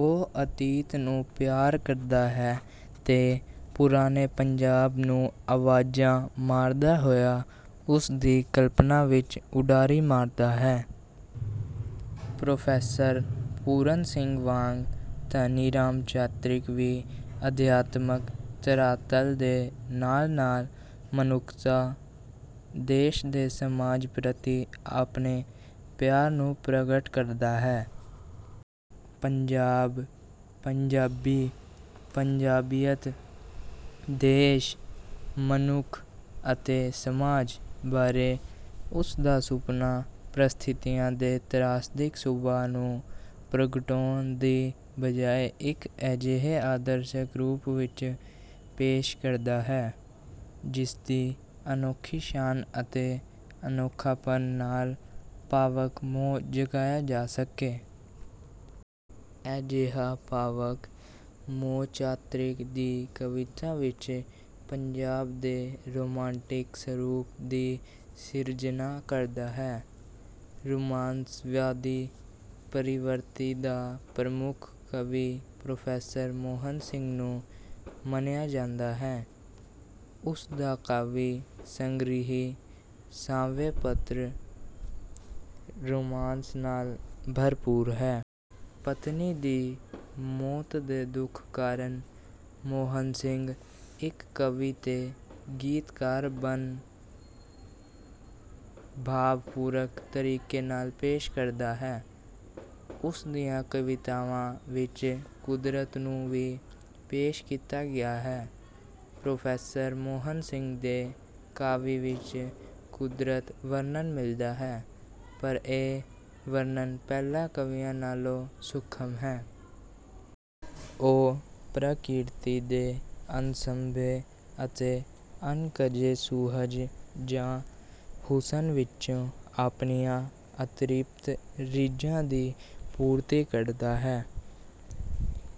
ਉਹ ਅਤੀਤ ਨੂੰ ਪਿਆਰ ਕਰਦਾ ਹੈ ਤੇ ਪੁਰਾਣੇ ਪੰਜਾਬ ਨੂੰ ਆਵਾਜ਼ਾਂ ਮਾਰਦਾ ਹੋਇਆ ਉਸ ਦੀ ਕਲਪਨਾ ਵਿੱਚ ਉਡਾਰੀ ਮਾਰਦਾ ਹੈ। ਪ੍ਰੋਫੈਸਰ ਪੂਰਨ ਸਿੰਘ ਵਾਂਗ ਧਨੀ ਰਾਮ ਚਾਤ੍ਰਿਕ ਵੀ ਅਧਿਆਤਮਕ ਧਰਾਤਲ ਦੇ ਨਾਲ-ਨਾਲ ਮਨੁੱਖਤਾ, ਦੇਸ਼ ਤੇ ਸਮਾਜ ਪ੍ਰਤੀ ਆਪਣੇ ਪਿਆਰ ਨੂੰ ਪ੍ਰਗਟ ਕਰਦਾ ਹੈ। ਪੰਜਾਬ, ਪੰਜਾਬੀ, ਪੰਜਾਬੀਅਤ, ਦੇਸ਼, ਮਨੁੱਖ ਅਤੇ ਸਮਾਜ ਬਾਰੇ ਉਸ ਦਾ ਸੁਪਨਾ ਪ੍ਰਸਥਿਤੀਆਂ ਦੇ ਤ੍ਰਾਸਦਿਕ ਸੁਭਾਅ ਨੂੰ ਪ੍ਰਗਟਾਉਣ ਦੀ ਬਜਾਇ ਇੱਕ ਅਜਿਹੇ ਆਦਰਸ਼ਕ ਰੂਪ ਵਿੱਚ ਪੇਸ਼ ਕਰਦਾ ਹੈ, ਜਿਸਦੀ ਅਨੋਖੀ ਸ਼ਾਨ ਅਤੇ ਅਨੋਖਾਪਣ ਨਾਲ ਭਾਵਕ ਮੋਹ ਜਗਾਇਆ ਜਾ ਸਕੇ। ਅਜਿਹਾ ਭਾਵਕ ਮੋਹ ਚਾਤ੍ਰਿਕ ਦੀ ਕਵਿਤਾ ਵਿੱਚ ਪੰਜਾਬ ਦੇ ਰੋਮਾਂਟਿਕ ਸਰੂਪ ਦੀ ਸਿਰਜਣਾ ਕਰਦਾ ਹੈ। ਰੁਮਾਂਸਵਾਦੀ ਪ੍ਰਵਿਰਤੀ ਦਾ ਪ੍ਰਮੁੱਖ ਕਵੀ ਪ੍ਰੋਫੈਸਰ ਮੋਹਨ ਸਿੰਘ ਨੂੰ ਮੰਨਿਆ ਜਾਂਦਾ ਹੈ। ਉਸ ਦਾ ਕਾਵੀ ਸੰਗ੍ਰਹਿ 'ਸਾਵੇਂ ਪੱਤਰ' ਰੁਮਾਂਸ ਨਾਲ ਭਰਪੂਰ ਹੈ। ਪਤਨੀ ਦੀ ਮੌਤ ਦੇ ਦੁੱਖ ਕਾਰਨ ਮੋਹਨ ਸਿੰਘ ਇੱਕ ਕਵੀ ਤੇ ਗੀਤਕਾਰ ਬਣ ਭਾਵਪੂਰਕ ਤਰੀਕੇ ਨਾਲ ਪੇਸ਼ ਕਰਦਾ ਹੈ। ਉਸ ਦੀਆਂ ਕਵਿਤਾਵਾਂ ਵਿੱਚ ਕੁਦਰਤ ਨੂੰ ਵੀ ਪੇਸ਼ ਕੀਤਾ ਗਿਆ ਹੈ। ਪ੍ਰੋਫੈਸਰ ਮੋਹਨ ਸਿੰਘ ਦੇ ਕਾਵਿ ਵਿੱਚ ਕੁਦਰਤ ਵਰਨਣ ਮਿਲਦਾ ਹੈ, ਪਰ ਇਹ ਵਰਣਨ ਪਹਿਲੇ ਕਵੀਆਂ ਨਾਲੋਂ ਸੂਖਮ ਹੈ। ਉਹ ਪ੍ਰਕਿਰਤੀ ਦੇ ਅਣਸਂਭੇ ਅਤੇ ਅਣਕੱਜੇ ਸੁਹਜ ਜਾਂ ਹੁਸਨ ਵਿੱਚੋਂ ਆਪਣੀਆਂ ਅਤ੍ਰਿਪਤ ਰੀਝਾਂ ਦੀ ਪੂਰਤੀ ਕਰਦਾ ਹੈ।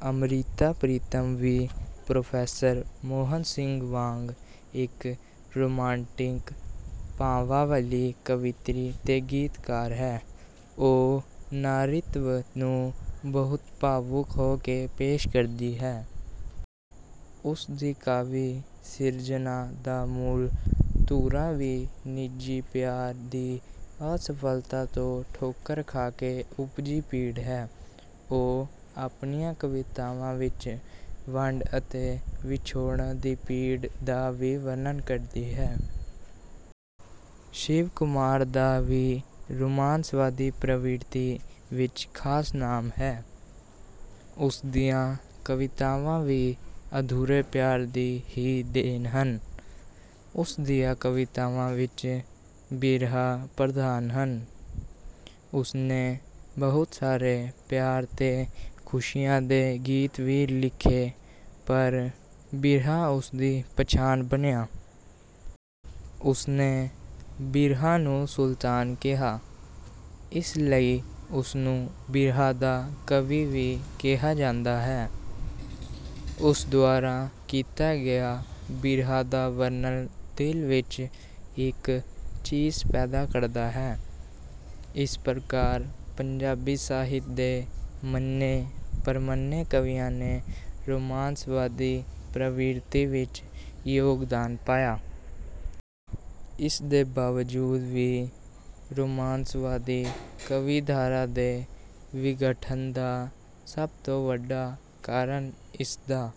ਅੰਮ੍ਰਿਤਾ ਪ੍ਰੀਤਮ ਵੀ ਪ੍ਰੋਫੇਸਰ ਮੋਹਨ ਸਿੰਘ ਵਾਂਗ ਇੱਕ ਰੁਮਾਂਟਿਕ ਭਾਵਾਂ ਵਾਲੀ ਕਵਿੱਤਰੀ ਤੇ ਗੀਤਕਾਰ ਹੈ। ਉਹ ਨਾਰੀਤਵ ਨੂੰ ਬਹੁਤ ਭਾਵੁਕ ਹੋ ਕੇ ਪੇਸ਼ ਕਰਦੀ ਹੈ। ਉਸ ਦੀ ਕਾਵਿ ਸਿਰਜਣਾ ਦਾ ਮੂਲ ਧੁਰਾ ਵੀ ਨਿੱਜੀ ਪਿਆਰ ਦੀ ਅਸਫ਼ਲਤਾ ਤੋਂ ਠੋਕਰ ਖਾ ਕੇ ਉਪਜੀ ਪੀੜ ਹੈ। ਉਹ ਆਪਣੀਆਂ ਕਵਿਤਾਵਾਂ ਵਿੱਚ ਵੰਡ ਅਤੇ ਵਿਛੋੜੇ ਦੀ ਪੀੜ ਦਾ ਵੀ ਵਰਨਣ ਕਰਦੀ ਹੈ। ਸ਼ਿਵ ਕੁਮਾਰ ਦਾ ਵੀ ਰੁਮਾਂਸਵਾਦੀ ਪ੍ਰਵਿਰਤੀ ਵਿੱਚ ਖਾਸ ਨਾਮ ਹੈ। ਉਸ ਦੀਆਂ ਕਵਿਤਾਵਾਂ ਵੀ ਅਧੂਰੇ ਪਿਆਰ ਦੀ ਹੀ ਦੇਣ ਹਨ। ਉਸ ਦੀਆਂ ਕਵਿਤਾਵਾਂ ਵਿੱਚ ਬਿਰਹਾ ਪ੍ਰਧਾਨ ਹੈ। ਉਸਨੇ ਬਹੁਤ ਸਾਰੇ ਪਿਆਰ ਤੇ ਖੁਸ਼ੀਆਂ ਦੇ ਗੀਤ ਵੀ ਲਿਖੇ, ਪਰ ਬਿਰਹਾ ਉਸ ਦੀ ਪਛਾਣ ਬਣਿਆ। ਉਸਨੇ ਬਿਰਹਾ ਨੂੰ ਸੁਲਤਾਨ ਕਿਹਾ। ਇਸ ਲਈ ਉਸਨੂੰ ਬਿਰਹਾ ਦਾ ਕਵੀ ਵੀ ਕਿਹਾ ਜਾਂਦਾ ਹੈ। ਉਸ ਦੁਆਰਾ ਕੀਤਾ ਗਿਆ ਬਿਰਹਾ ਦਾ ਵਰਨਣ ਦਿਲ ਵਿੱਚ ਇੱਕ ਚੀਸ ਪੈਦਾ ਕਰਦਾ ਹੈ। ਇਸ ਪ੍ਰਕਾਰ ਪੰਜਾਬੀ ਸਾਹਿਤ ਦੇ ਮੰਨੇ-ਪ੍ਰਮੰਨੇ ਕਵੀਆਂ ਨੇ ਰੁਮਾਂਸਵਾਦੀ ਪ੍ਰਵਿਰਤੀ ਵਿੱਚ ਯੋਗਦਾਨ ਪਾਇਆ। ਇਸ ਦੇ ਬਾਵਜੂਦ ਵੀ ਰੁਮਾਂਸਵਾਦੀ ਕਵੀਧਾਰਾ ਦੇ ਵਿਗਠਨ ਦਾ ਸਭ ਤੋਂ ਵੱਡਾ ਕਾਰਨ ਇਸ ਦਾ